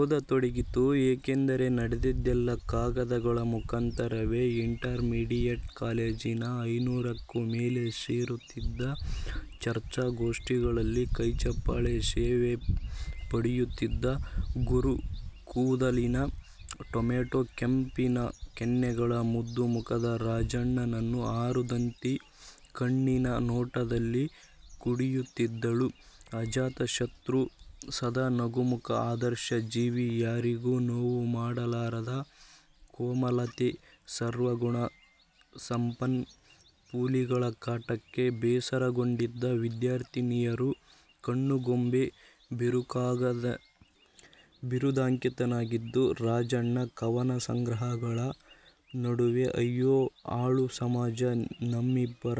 ಓದತೊಡಗಿತು ಯಾಕೆಂದರೆ ನಡೆದದ್ದೆಲ್ಲ ಕಾಗದಗಳ ಮುಖಾಂತರವೆ. ಇಂಟರ್ ಮೀಡಿಯೆಟ್ ಕಾಲೇಜಿನ ಐನೂರಕ್ಕೂ ಮೇಲೆ ಸೇರುತ್ತಿದ್ದ ಚರ್ಚಾ ಗೋಷ್ಠಿಗಳಲ್ಲಿ ಕೈಚಪ್ಪಾಳೆ ಸೇವೆ ಪಡೆಯುತ್ತಿದ್ದ ಗುಂಗುರುಕೂದಲಿನ ಟೊಮ್ಯಾಟೋ ಕೆಂಪಿನ ಕೆನ್ನೆಗಳ ಮುದ್ದು ಮುಖದ ರಾಜಣ್ಣನನ್ನು ಅರುಂಧತಿ ಕಣ್ಣಿನ ನೋಟದಲ್ಲಿ ಕುಡಿಯುತ್ತಿದ್ದಳು. ಅಜಾತಶತ್ರು ಸದಾ ನಗುಮುಖ ಆದರ್ಶ ಜೀವಿ ಯಾರಿಗೂ ನೋವು ಮಾಡಲಾರದ ಕೋಮಲತೆ ಸರ್ವಗುಣ ಸಂಪನ್ನ ಪೋಲಿಗಳ ಕಾಟಕ್ಕೆ ಬೇಸರಗೊಂಡಿದ್ದ ವಿದ್ಯಾರ್ಥಿನಿಯರ ಕಣ್ಣುಗೊಂಬೆ – ಬಿರುದಾಂಕಿತನಾಗಿದ್ದ ರಾಜಣ್ಣ ಕವನ ಸಂಗ್ರಹಗಳ ನಡುವೆ 'ಅಯ್ಯೋ ಹಾಳು ಸಮಾಜ ನಮ್ಮಿಬ್ಬರ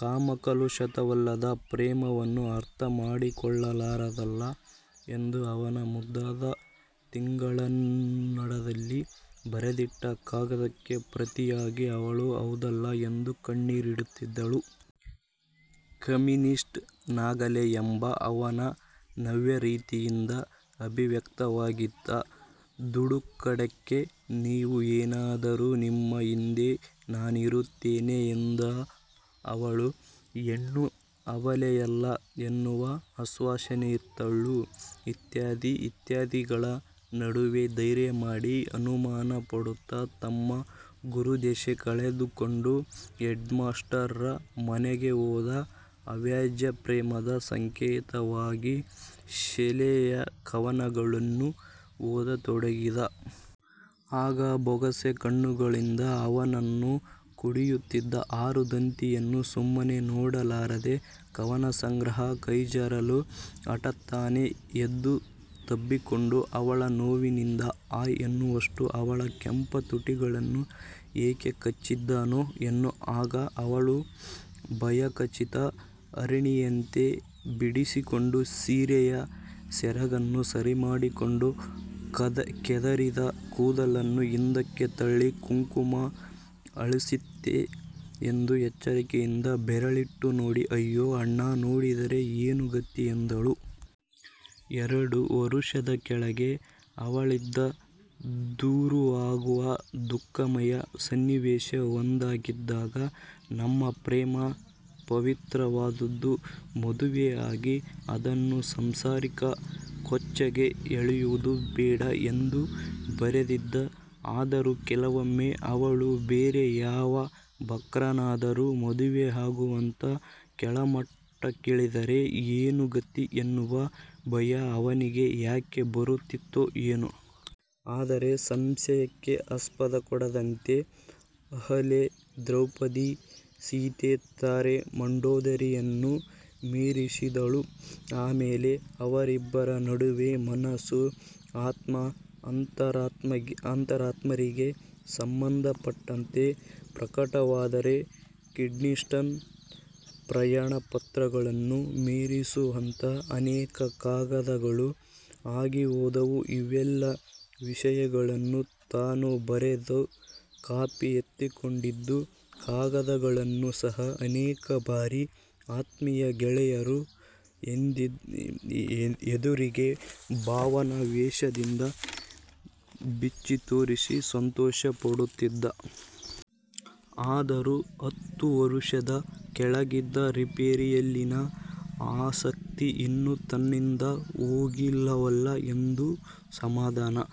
ಕಾಮಕಲುಷಿತವಲ್ಲದ ಪ್ರೇಮವನ್ನು ಅರ್ಥಮಾಡಿಕೊಳ್ಳಲಾರದಲ್ಲ' ಎಂದು ಅವನ ಮುದ್ದಾದ ತಿಳಿಗನ್ನಡದಲ್ಲಿ ಬರೆದಿಟ್ಟ ಕಾಗದಕ್ಕೆ ಪ್ರತಿಯಾಗಿ ಅವಳು 'ಹೌದಲ್ಲಾ' ಎಂದು ಕಣ್ಣೀರಿಡುತ್ತಿದ್ದಳು. 'ಕಮ್ಯೂನಿಸ್ಟ್' ನಾಗಲೇ ಎಂಬ ಅವನ ನವ್ಯರೀತಿಯಿಂದ ಅಭಿವ್ಯಕ್ತವಾಗುತ್ತಿದ್ದ ದುಗುಡಕ್ಕೆ "ನೀವು ಏನಾದರೂ ನಿಮ್ಮ ಹಿಂದೆ ನಾನಿರುತ್ತೇನೆ" ಎಂದುಅ ವಳು ಹೆಣ್ಣು ಅಬಲೆಯಲ್ಲ ಎನ್ನುವ ಆಶ್ವಾಸನೆಯಿತ್ತಳು. ಇತ್ಯಾದಿ ಇತ್ಯಾದಿಗಳ ನಡುವೆ ಧೈರ್ಯ ಮಾಡಿ ಅನುಮಾನ ಪಡುತ್ತ ತಮ್ಮ ಗುರುದೆಸೆ ಕಳೆದುಕೊಂಡು ಹೆಡ್ಮಾಸ್ಟರರ ಮನೆಗೆ ಹೋದ. ಅವ್ಯಾಜಪ್ರೇಮದ ಸಂಕೇತವಾಗಿ ಶೆಲ್ಲಿಯ ಕವನಗಳನ್ನು ಓದತೊಡಗಿದ. ಆಗ ಬೊಗಸೆ ಕಣ್ಣುಗಳಿಂದ ಅವನನ್ನು ಕುಡಿಯುತ್ತಿದ್ದ ಅರುಂಧತಿಯನ್ನು ಸುಮ್ಮನೆ ನೋಡಲಾರದೆ ಕವನಸಂಗ್ರಹ ಕೈಜಾರಲು ಹಠಾತ್ತನೆ ಎದ್ದು ತಬ್ಬಿಕೊಂಡು ಅವಳು ನೋವಿನಿಂದ 'ಹಾಯ್' ಎನ್ನುವಷ್ಟು ಅವಳ ಕೆಂಪು ತುಟಿಗಳನ್ನು ಯಾಕೆ ಕಚ್ಚಿದೆನೋ ಏನೋ ಆಗ ಅವಳು ಭಯಚಕಿತ ಹರಿಣಿಯಂತೆ ಬಿಡಿಸಿಕೊಂಡು ಸೀರೆಯ ಸೆರಗನ್ನು ಸರಿಮಾಡಿಕೊಂಡು, ಕೆದರಿದ ಕೂದಲನ್ನು ಹಿಂದಕ್ಕೆ ತಳ್ಳಿ, ಕುಂಕುಮ ಅಳಿಸಿತೇ ಎಂದು ಎಚ್ಚರಿಕೆಯಿಂದ ಬೆರಳಿಟ್ಟು ನೋಡಿ 'ಅಯ್ಯೋ ಅಣ್ಣ ನೋಡಿದರೆ ಏನು ಗತಿ' ಎಂದಳು. ಎರಡು ವರ್ಷದ ಕೆಳಗೆ ಅವಳಿಂದ ದೂರವಾಗುವ ದುಃಖಮಯ ಸನ್ನಿವೇಶ ಒದಗಿದಾಗ "ನಮ್ಮ ಪ್ರೇಮ ಪವಿತ್ರವಾದುದು. ಮದುವೆಯಾಗಿ ಅದನ್ನು ಸಾಂಸಾರಿಕ ಕೊಚ್ಚೆಗೆ ಎಳೆಯುವುದು ಬೇಡ" ಎಂದು ಬರೆದಿದ್ದ. ಆದರೂ ಕೆಲವೊಮ್ಮೆ ಅವಳು ಬೇರೆ ಯಾವ ಬಕರನನ್ನಾದರೂ ಮದುವೆಯಾಗುವಂತಹ ಕೆಳಮಟ್ಟಕ್ಕಿಳಿದರೆ ಏನು ಗತಿ ಎನ್ನುವ ಭಯ ಅವನಿಗೆ ಯಾಕೆ ಬರುತ್ತಿತ್ತೊ ಏನೊ. ಆದರೆ ಸಂಶಯಕ್ಕೆ ಅಸ್ಪದಕೊಡದಂತೆ ಅಹಲ್ಯೆ, ದ್ರೌಪದಿ, ಸೀತೆ, ತಾರೆ, ಮಂಡೋದರಿಯನ್ನು ಮೀರಿಸಿದ್ದಳು. ಆಮೇಲೆ ಅವರಿಬ್ಬರ ನಡುವೆ ಮನಸ್ಸು ಆತ್ಮ ಅಂತರಾತ್ಮರಿಗೆ ಸಂಬಂಧ ಪಟ್ಟಂತೆ ಪ್ರಕಟವಾದರೆ ಕೀಟ್ಸ್ನ ಪ್ರಣಯಪತ್ರಗಳನ್ನೂ ಮೀರಿಸುವಂತಹ ಅನೇಕ ಕಾಗದಗಳು ಆಗಿಹೋದವು, ಇವೆಲ್ಲ ವಿಷಯಗಳನ್ನೂ ತಾನು ಬರೆದು ಕಾಪಿ ಎತ್ತಿಕೊಂಡಿದ್ದ ಕಾಗದಗಳನ್ನೂ ಸಹ ಅನೇಕ ಬಾರಿ ಆತ್ಮೀಯ ಗೆಳೆಯರ ಎದುರಿಗೆ ಭಾವನಾ ವೇಶದಿಂದ ಬಿಚ್ಚಿತೋರಿಸಿ ಸಂತೋಷಪಡುತ್ತಿದ್ದ. ಆದರೂ ಹತ್ತು ವರ್ಷದ ಕೆಳಗಿದ್ದ ರಿಪೇರಿಯಲ್ಲಿನ ಆಸಕ್ತಿ ಇನ್ನೂ ತನ್ನಿಂದ ಹೋಗಿಲ್ಲವಲ್ಲ ಎಂದು ಸಮಾಧನ